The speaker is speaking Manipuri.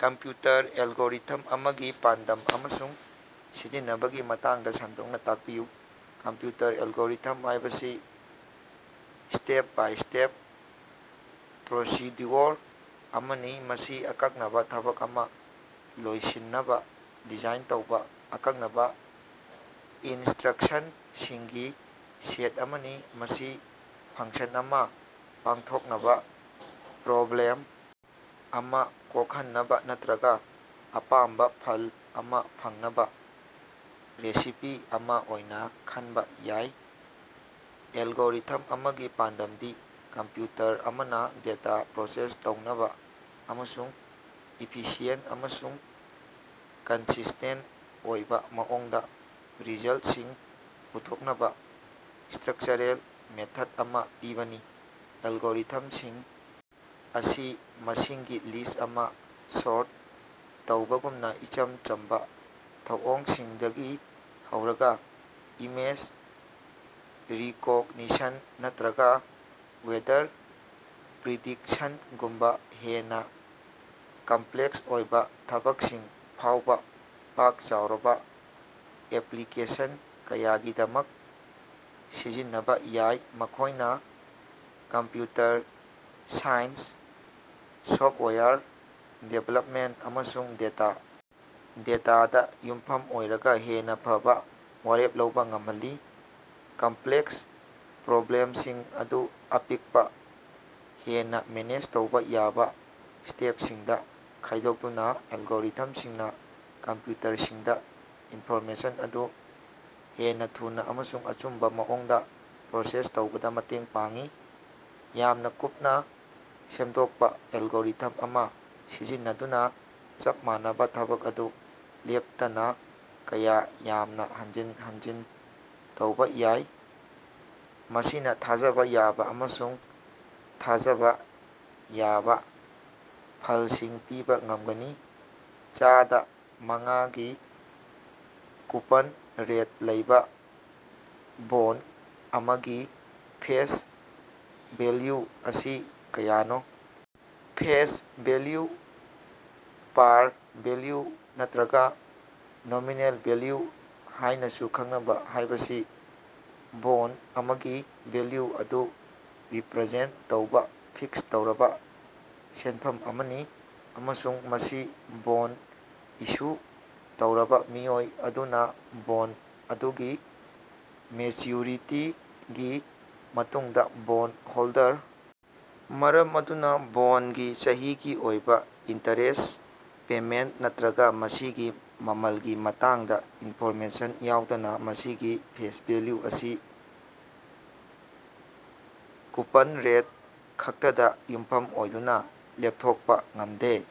ꯀꯝꯄꯌꯨꯇꯔ ꯑꯦꯜꯒꯣꯔꯤꯊꯝ ꯑꯃꯒꯤ ꯄꯥꯟꯗꯝ ꯑꯃꯁꯨꯡ ꯁꯤꯖꯤꯟꯅꯕꯒꯤ ꯃꯇꯥꯡꯗ ꯁꯟꯗꯣꯛꯅꯥ ꯇꯥꯛꯄꯤꯌꯨ꯫ ꯀꯝꯄꯌꯨꯇꯔ ꯑꯦꯜꯒꯣꯔꯤꯊꯝ ꯍꯥꯏꯕꯁꯤ ꯁ꯭ꯇꯦꯞ ꯕꯥꯏ ꯁ꯭ꯇꯦꯞ ꯄ꯭ꯔꯣꯁꯤꯗ꯭ꯌꯨꯑꯣꯔ ꯑꯃꯅꯤ, ꯃꯁꯤ ꯑꯀꯛꯅꯕꯥ ꯊꯕꯛ ꯑꯃꯥ ꯂꯣꯏꯁꯤꯟꯅꯕꯥ ꯗꯤꯖꯥꯏꯟ ꯇꯧꯕꯥ ꯑꯀꯛꯅꯕꯥ ꯏꯅꯁ꯭ꯇꯔꯛꯁꯟꯁꯤꯡꯒꯤ ꯁꯦꯠ ꯑꯃꯅꯤ꯫ ꯃꯁꯤ ꯐꯪꯁꯟ ꯑꯃꯥ ꯄꯥꯡꯊꯣꯛꯅꯕꯥ, ꯄ꯭ꯔꯣꯕ꯭ꯂꯦꯝ ꯑꯃꯥ ꯀꯣꯛꯍꯟꯅꯕꯥ ꯅꯠꯇꯔꯒꯥ ꯑꯄꯥꯝꯕꯥ ꯐꯜ ꯑꯃꯥ ꯐꯪꯅꯕꯥ ꯔꯦꯁꯤꯄꯤ ꯑꯃꯥ ꯑꯣꯏꯅꯥ ꯈꯟꯕ ꯌꯥꯏ꯫ ꯑꯦꯜꯒꯣꯔꯤꯊꯝ ꯑꯃꯒꯤ ꯄꯥꯟꯗꯝꯗꯤ ꯀꯝꯄꯌꯨꯇꯔ ꯑꯃꯅ ꯗꯦꯇꯥ ꯄ꯭ꯔꯣꯁꯦꯁ ꯇꯧꯅꯕ ꯑꯃꯁꯨꯡ ꯏꯐꯤꯁꯤꯑꯦꯟꯠ ꯑꯃꯁꯨꯡ ꯀꯟꯁꯤꯁ꯭ꯇꯦꯟꯠ ꯑꯣꯏꯕ ꯃꯑꯣꯡꯗ ꯔꯤꯖꯜꯠꯁꯤꯡ ꯄꯨꯊꯣꯛꯅꯕꯥ ꯁ꯭ꯇꯔꯛꯆꯔꯦꯜ ꯃꯦꯊꯗ ꯑꯃꯥ ꯄꯤꯕꯅꯤ꯫ ꯑꯦꯜꯒꯣꯔꯤꯊꯝꯁꯤꯡ ꯑꯁꯤ ꯃꯁꯤꯡꯒꯤ ꯂꯤꯁ꯭ꯠ ꯑꯃꯥ ꯁꯣꯔꯠ ꯇꯧꯕꯒꯨꯝꯕ ꯏꯆꯝ ꯆꯝꯕꯥ ꯊꯧꯑꯣꯡꯁꯤꯡꯗꯒꯤ ꯍꯧꯔꯒ ꯏꯃꯦꯖ ꯔꯤꯀꯣꯒꯅꯤꯁꯟ ꯅꯠꯇꯔꯒ ꯋꯦꯗꯔ ꯄ꯭ꯔꯤꯗꯤꯛꯁꯟꯒꯨꯝꯕꯥ ꯍꯦꯟꯅꯥ ꯀꯝꯄꯂꯦꯛꯁ ꯑꯣꯏꯕꯥ ꯊꯕꯛꯁꯤꯡ ꯐꯥꯎꯕꯥ ꯄꯥꯛ ꯆꯥꯎꯔꯕ ꯑꯦꯄꯂꯤꯀꯦꯁꯟ ꯀꯌꯥꯒꯤꯗꯃꯛ ꯁꯤꯖꯤꯟꯅꯕꯥ ꯌꯥꯏ꯫ ꯃꯈꯣꯏꯅ ꯀꯝꯄꯌꯨꯇꯔ ꯁꯥꯏꯟꯁ, ꯁꯣꯐꯋꯦꯌꯔ ꯗꯤꯕꯦꯂꯞꯃꯦꯟꯇ, ꯑꯃꯁꯨꯡ ꯗꯦꯇꯥ ꯗꯦꯇꯥꯗ ꯌꯨꯝꯐꯝ ꯑꯣꯏꯔꯒꯥ ꯍꯦꯟꯅꯥ ꯐꯕꯥ ꯋꯥꯔꯦꯞ ꯂꯧꯕꯥ ꯉꯝꯍꯜꯂꯤ꯫ ꯀꯝꯄꯂꯦꯛꯁ ꯄ꯭ꯔꯣꯕ꯭ꯂꯦꯝꯁꯤꯡ ꯑꯗꯨ ꯑꯄꯤꯛꯄꯥ, ꯍꯦꯟꯅ ꯃꯦꯅꯦꯖ ꯇꯧꯕꯥ ꯌꯥꯕꯥ ꯁ꯭ꯇꯦꯞꯁꯤꯡꯗꯥ ꯈꯥꯏꯗꯣꯛꯇꯨꯅ, ꯑꯦꯜꯒꯣꯔꯤꯊꯝꯁꯤꯡꯅꯥ ꯀꯝꯄꯌꯨꯇꯔꯁꯤꯡꯗꯥ ꯏꯟꯐꯣꯔꯃꯦꯁꯟ ꯑꯗꯨ ꯍꯦꯟꯅꯥ ꯊꯨꯅꯥ ꯑꯃꯁꯨꯡ ꯑꯆꯨꯝꯕꯥ ꯃꯑꯣꯡꯗꯥ ꯄ꯭ꯔꯣꯁꯦꯁ ꯇꯧꯕꯗ ꯃꯇꯦꯡ ꯄꯥꯡꯏ꯫ ꯌꯥꯝꯅꯥ ꯀꯨꯞꯅꯥ ꯁꯦꯝꯗꯣꯛꯄꯥ ꯑꯦꯜꯒꯣꯔꯤꯊꯝ ꯑꯃꯥ ꯁꯤꯖꯤꯟꯅꯗꯨꯅꯥ, ꯆꯞ ꯃꯥꯟꯅꯕꯥ ꯊꯕꯛ ꯑꯗꯨ ꯂꯦꯞꯇꯅꯥ ꯀꯌꯥ ꯌꯥꯝꯅꯥ ꯍꯟꯖꯤꯟ ꯍꯟꯖꯤꯟ ꯇꯧꯕꯥ ꯌꯥꯏ, ꯃꯁꯤꯅꯥ ꯊꯥꯖꯕꯥ ꯌꯥꯕꯥ ꯑꯃꯁꯨꯡ ꯊꯥꯖꯕꯥ ꯌꯥꯕꯥ ꯐꯂꯁꯤꯡ ꯄꯤꯕꯥ ꯉꯃꯒꯅꯤ꯫ ꯆꯥꯗ ꯃꯉꯥꯒꯤ ꯀꯨꯄꯟ ꯔꯦꯠ ꯂꯩꯕꯥ ꯕꯣꯟꯗ ꯑꯃꯒꯤ ꯐꯦꯁ ꯚꯦꯜꯌꯨ ꯑꯁꯤ ꯀꯌꯥꯅꯣ? ꯐꯦꯁ ꯚꯦꯜꯌꯨ ꯄꯥꯔ ꯚꯦꯜꯌꯨ ꯅꯠꯇꯔꯒ ꯅꯣꯃꯤꯅꯦꯜ ꯚꯦꯜꯌꯨ ꯍꯥꯌꯅꯥꯁꯨ ꯈꯪꯅꯕꯥ ꯍꯥꯏꯕꯁꯤ ꯕꯣꯟꯗ ꯑꯃꯒꯤ ꯚꯦꯜꯌꯨ ꯑꯗꯨ ꯔꯤꯄꯔꯗꯛꯇ ꯇꯧꯕꯥ ꯐꯤꯛꯁ ꯇꯧꯔꯕꯥ ꯁꯦꯟꯐꯝ ꯑꯃꯅꯤ, ꯑꯃꯁꯨꯡ ꯃꯁꯤ ꯕꯣꯟꯗ ꯏꯁꯨ ꯇꯧꯔꯤꯕꯥ ꯃꯤꯑꯣꯏ ꯑꯗꯨꯅꯥ ꯕꯣꯟꯗ ꯑꯗꯨꯒꯤ ꯃꯦꯆ꯭ꯌꯨꯔꯤꯇꯤꯒꯤ ꯃꯇꯨꯡꯗꯥ ꯕꯣꯟꯗ ꯍꯣꯜꯗꯔ ꯃꯔꯝ ꯑꯗꯨꯅꯥ, ꯕꯣꯟꯗꯒꯤ ꯆꯍꯤꯒꯤ ꯑꯣꯏꯕꯥ ꯏꯟꯇꯔꯦꯁ꯭ꯠ ꯄꯦꯃꯦꯟꯇ ꯅꯠꯇꯔꯒꯥ ꯃꯁꯤꯒꯤ ꯃꯃꯜꯒꯤ ꯃꯇꯥꯡꯗ ꯏꯟꯐꯣꯔꯃꯦꯁꯟ ꯌꯥꯎꯗꯅꯥ, ꯃꯁꯤꯒꯤ ꯐꯦꯁ ꯚꯦꯜꯌꯨ ꯑꯁꯤ ꯀꯨꯄꯟ ꯔꯦꯠ ꯈꯛꯇꯗꯥ ꯌꯨꯝꯐꯝ ꯑꯣꯏꯗꯨꯅꯥ ꯂꯦꯞꯊꯣꯛꯄꯥ ꯉꯝꯗꯦ꯫